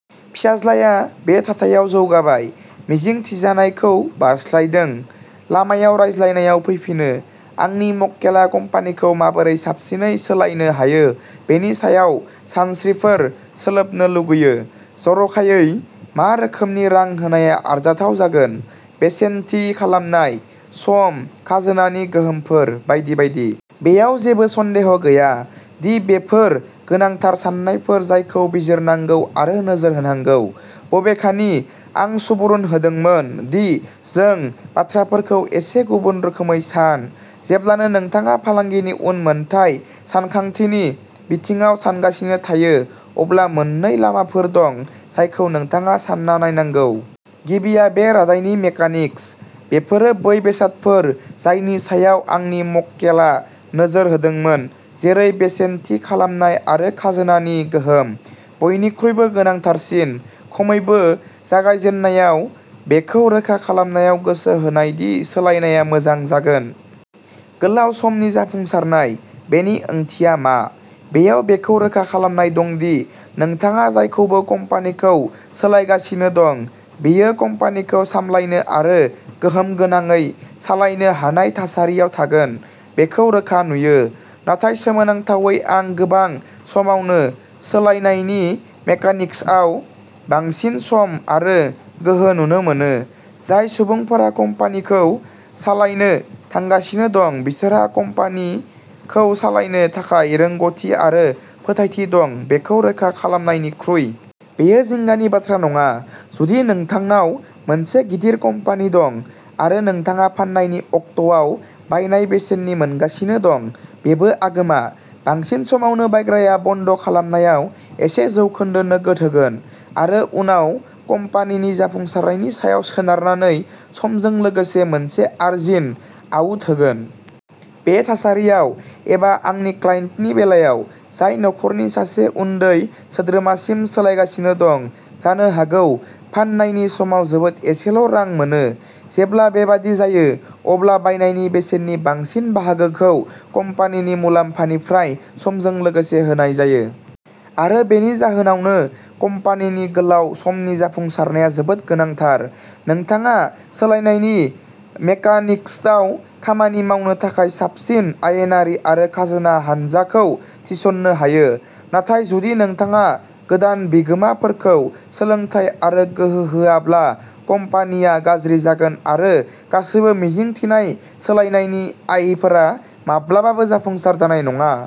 फिसाज्लाया बे थाथायाव जौगाबाय-मिजिंथिजानायखौ बारस्लायदों। लामायाव रायज्लायनायाव फैफिनो। आंनि मक्केलआ कम्पानिखौ माबोरै साबसिनै सोलायनो हायो बेनि सायाव सानस्रिफोर सोलोबनो लुगैयो। जर'खायै, मा रोखोमनि रां होनाया आरजाथाव जागोन, बेसेन थि खालामनाय, सम, खाजोनानि गोहोमफोर बायदि बायदि। बेयाव जेबो सन्देह गैया दि बेफोर गोनांथार सान्नायफोर जायखौ बिजिरनांगौ आरो नोजोर होनांगौ, बबेखानि, आं सुबुरुन होदोंमोन दि जों बाथ्राफोरखौ एसे गुबुन रोखोमै सान। जेब्लानो नोंथाङा फालांगिनि उनमोनथाय सानथांखिनि बिथिङाव सानगासिनो थायो, अब्ला मोन्नै लामाफोर दं जायखौ नोंथाङा सान्ना नायनांगौ। गिबिया बे रादाइनि मेकानिक्स। बेफोरो बै बेसादफोर जायनि सायाव आंनि मक्केलआ नोजोर होदोंमोन जेरै बेसेन थि खालामनाय आरो खाजोनानि गोहोम। बयनिख्रुइबो गोनांथारसिन, खमैबो जागायजेननायाव, बेखौ रोखा खालामनायाव गोसो होनाय दि सोलायनायआ मोजां जागोन। गोलाव समनि जाफुंसारनाय। बेनि ओंथिया मा? बेयाव बेखौ रोखा खालामनाय दं दि नोंथाङा जायखौबो कम्पानिखौ सोलायगासिनो दं, बियो कम्पानिखौ सामलायनो आरो गोहोम गोनाङै सालायनो हानाय थासारियाव थागोन। बेखौ रोखा नुयो, नाथाय सोमोनांथावै आं गोबां समावनो सोलायनायनि मेकानिक्सआव बांसिन सम आरो गोहो नुनो मोनो, जाय सुबुंफोरा कम्पानिखौ सालायनो थांगासिनो दं बिसोरहा कम्पानिखौ सालायनो थाखाय रोंग'थि आरो फोथायथि दं बेखौ रोखा खालामनायनिख्रुइ। बेयो जिंगानि बाथ्रा नङा, जुदि नोंथांनाव मोनसे गिदिर कम्पानि दं आरो नोंथाङा फान्नायनि अक्ट'आव बायनाय बेसेननि मोनगासिनो दं। बेबो आगोमा। बांसिन समावनो बायग्राया बन्द खालामनायाव एसे जौखोन्दो नोगोद होगोन आरो उनाव कम्पानिनि जाफुंसारनायनि सायाव सोनारनानै समजों लोगोसे मोनसे आर्जिन आउट होगोन। बे थासारियाव, एबा आंनि क्लाइन्टनि बेलायाव, जाय नखरनि सासे उन्दै सोद्रोमासिम सोलायगासिनो दं, जानो हागौ। फान्नायनि समाव जोबोद एसेल'रां मोनो। जेब्ला बेबादि जायो, अब्ला बायनायनि बेसेननि बांसिन बाहागोखौ कम्पानिनि मुलाम्फानिफ्राय समजों लोगोसे होनाय जायो। आरो बेनि जाहोनावनो कम्पानिनि गोलाव समनि जाफुंसारनाया जोबोद गोनांथार। नोंथाङा सोलायनायनि मेकानिक्सआव खामानि मावनो थाखाय साबसिन आयेनारि आरो खाजोना हानजाखौ थिसननो हायो, नाथाय जुदि नोंथाङा गोदान बिगोमाफोरखौ सोलोंथाय आरो गोहो होआब्ला कम्पानिआ गाज्रि जागोन आरो गासैबो मिजिंथिनाय सोलायनायनि आयफोरा माब्लाबाबो जाफुंसार जानाय नङा।